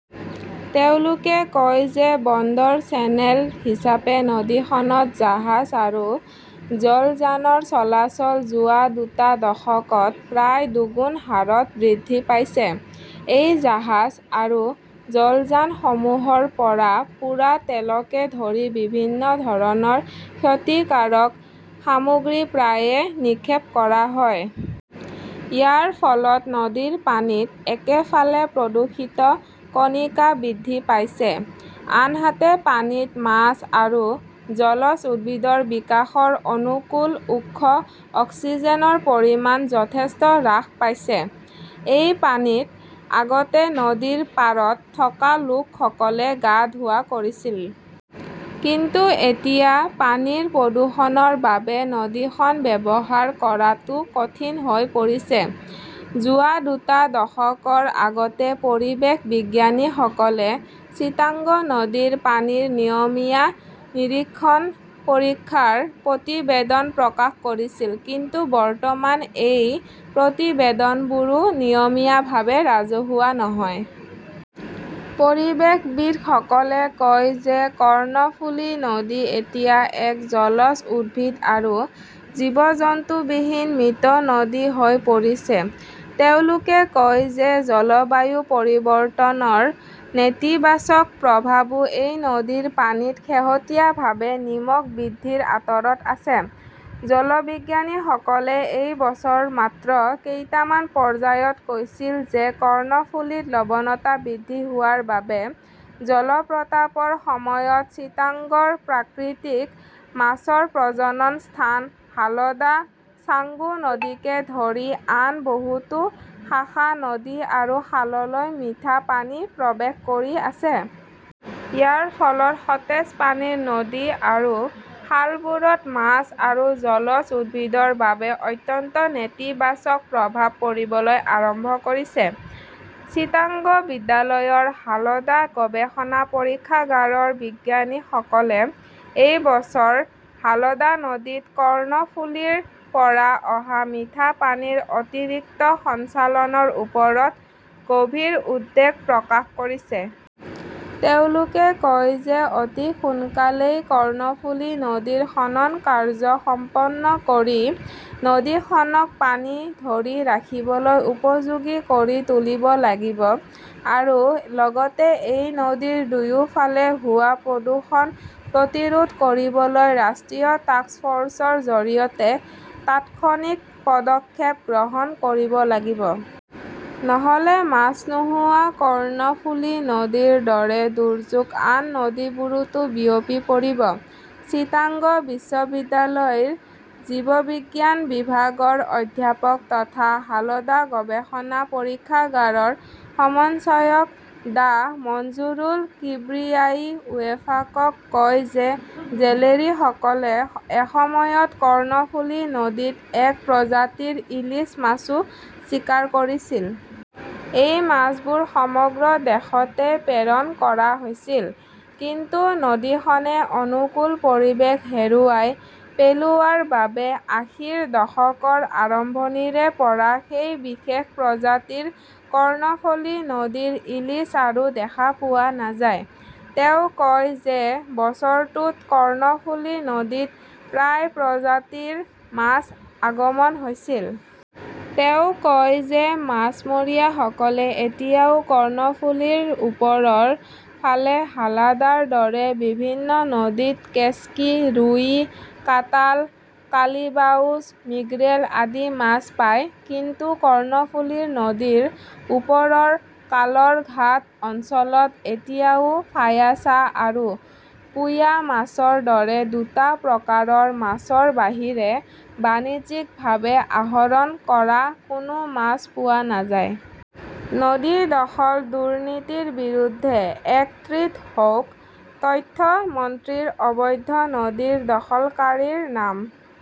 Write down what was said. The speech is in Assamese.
তেওঁলোকে কয় যে বন্দৰ চেনেল হিচাপে নদীখনত জাহাজ আৰু জলযানৰ চলাচল যোৱা দুটা দশকত প্ৰায় দুগুণ হাৰত বৃদ্ধি পাইছে। এই জাহাজ আৰু জলযানসমূহৰ পৰা পোৰা তেলকে ধৰি বিভিন্ন ধৰণৰ ক্ষতিকাৰক সামগ্ৰী প্ৰায়ে নিক্ষেপ কৰা হয়। ইয়াৰ ফলত নদীৰ পানীত একেফালে প্ৰদূষিত কণিকা বৃদ্ধি পাইছে, আনহাতে পানীত মাছ আৰু জলজ উদ্ভিদৰ বিকাশৰ অনুকূল উৎস অক্সিজেনৰ পৰিমাণ যথেষ্ট ৰাস পাইছে। এই পানীত আগতে নদীৰ পাৰত থকা লোকসকলে গা ধোৱা কৰিছিল। কিন্তু এতিয়া পানীৰ প্ৰদূষণৰ বাবে নদীখন ব্যৱহাৰ কৰাটো কঠিন হৈ পৰিছে। যোৱা দুটা দশকৰ আগতে পৰিৱেশ বিজ্ঞানীসকলে চিটাগং নদীৰ পানীৰ নিয়মীয়া নিৰীক্ষণ পৰীক্ষাৰ প্ৰতিবেদন প্ৰকাশ কৰিছিল। কিন্তু বৰ্তমান এই প্ৰতিবেদনবোৰো নিয়মীয়াভাৱে ৰাজহুৱা নহয়। পৰিৱেশবিদসকলে কয় যে কৰ্ণফুলি নদী এতিয়া এক জলজ উদ্ভিদ আৰু জীৱ-জন্তুবিহীন মৃত নদী হৈ পৰিছে। তেওঁলোকে কয় যে জলবায়ু পৰিৱৰ্তনৰ নেতিবাচক প্ৰভাৱো এই নদীৰ পানীত শেহতীয়াভাৱে নিমখ বৃদ্ধিৰ আঁৰত আছে। জলবিজ্ঞানীসকলে এই বছৰ মাত্ৰ কেইটামান পৰ্যায়ত কৈছিল যে কৰ্ণফুলীত লৱণতা বৃদ্ধি হোৱাৰ বাবে জলপ্ৰপাতৰ সময়ত চিটাগংৰ প্ৰাকৃতিক মাছৰ প্ৰজনন স্থান হালদা, ছাংগু নদীকে ধৰি আন বহুতো শাখা নদী আৰু খাললৈ মিঠা পানী প্ৰৱেশ কৰি আছে। ইয়াৰ ফলত সতেজ পানীৰ নদী আৰু খালবোৰত মাছ আৰু জলজ উদ্ভিদৰ বাবে অত্যন্ত নেতিবাচক প্ৰভাৱ পৰিবলৈ আৰম্ভ কৰিছে। চিটাগং বিশ্ববিদ্যালয়ৰ হালদা গৱেষণা পৰীক্ষাগাৰৰ বিজ্ঞানীসকলে এই বছৰ হালদা নদীত কৰ্ণফুলিৰ পৰা অহা মিঠা পানীৰ অতিৰিক্ত সঞ্চালনৰ ওপৰত গভীৰ উদ্বেগ প্ৰকাশ কৰিছে। তেওঁলোকে কয় যে অতি সোনকালেই কৰ্ণফুলি নদীৰ খনন কাৰ্য্য সম্পন্ন কৰি নদীখনক পানী ধৰি ৰাখিবলৈ উপযোগী কৰি তুলিব লাগিব আৰু লগতে এই নদীৰ দুয়োফালে হোৱা প্ৰদূষণ প্ৰতিৰোধ কৰিবলৈ ৰাষ্ট্ৰীয় টাস্ক ফৰ্চৰ জৰিয়তে তাৎক্ষণিক পদক্ষেপ গ্ৰহণ কৰিব লাগিব। নহ'লে মাছ নোহোৱা কৰ্ণফুলি নদীৰ দৰে দুৰ্যোগ আন নদীবোৰতো বিয়পি পৰিব। চিটাগং বিশ্ববিদ্যালয়ৰ জীৱবিজ্ঞান বিভাগৰ অধ্যাপক তথা হালদা গৱেষণা পৰীক্ষাগাৰৰ সন্বচায়ক ডাঃ মঞ্জুৰুল কিব্ৰিয়াই ইত্তেফাকক কয় যে জেলেৰীসকলে এসময়ত কৰ্ণফুলি নদীত এক প্ৰজাতিৰ ইলিছ মাছও চিকাৰ কৰিছিল। এই মাছবোৰ সমগ্ৰ দেশতে প্ৰেৰণ কৰা হৈছিল। কিন্তু নদীখনে অনুকূল পৰিৱেশ হেৰুৱাই পেলোৱাৰ বাবে আশীৰ দশকৰ আৰম্ভণিৰে পৰা সেই বিশেষ প্ৰজাতিৰ কৰ্ণফুলি নদীৰ ইলিছ আৰু দেখা পোৱা নাযায়। তেওঁ কয় যে বছৰটোত কৰ্ণফুলি নদীত প্ৰায় প্ৰজাতিৰ মাছ আগমন হৈছিল। তেওঁ কয় যে মাছমৰীয়াসকলে এতিয়াও কৰ্ণফুলিৰ ওপৰৰ ফালে হালদাৰ দৰে বিভিন্ন নদীত কেচকি, ৰুই, কাটাল, কালিবাউছ, মিৰ্গেল আদি মাছ পায়। কিন্তু কৰ্ণফুলি নদীৰ ওপৰৰ কালৰঘাট অঞ্চলত এতিয়াও ফায়াছা আৰু পোয়া মাছৰ দৰে দুটা প্ৰকাৰৰ মাছৰ বাহিৰে বাণিজ্যিকভাৱে আহৰণ কৰা কোনো মাছ পোৱা নাযায়। নদী দখল-দুৰ্নীতিৰ বিৰুদ্ধে একত্ৰিত হওক । তথ্য মন্ত্ৰী অবৈধ নদী দখলকাৰীৰ নাম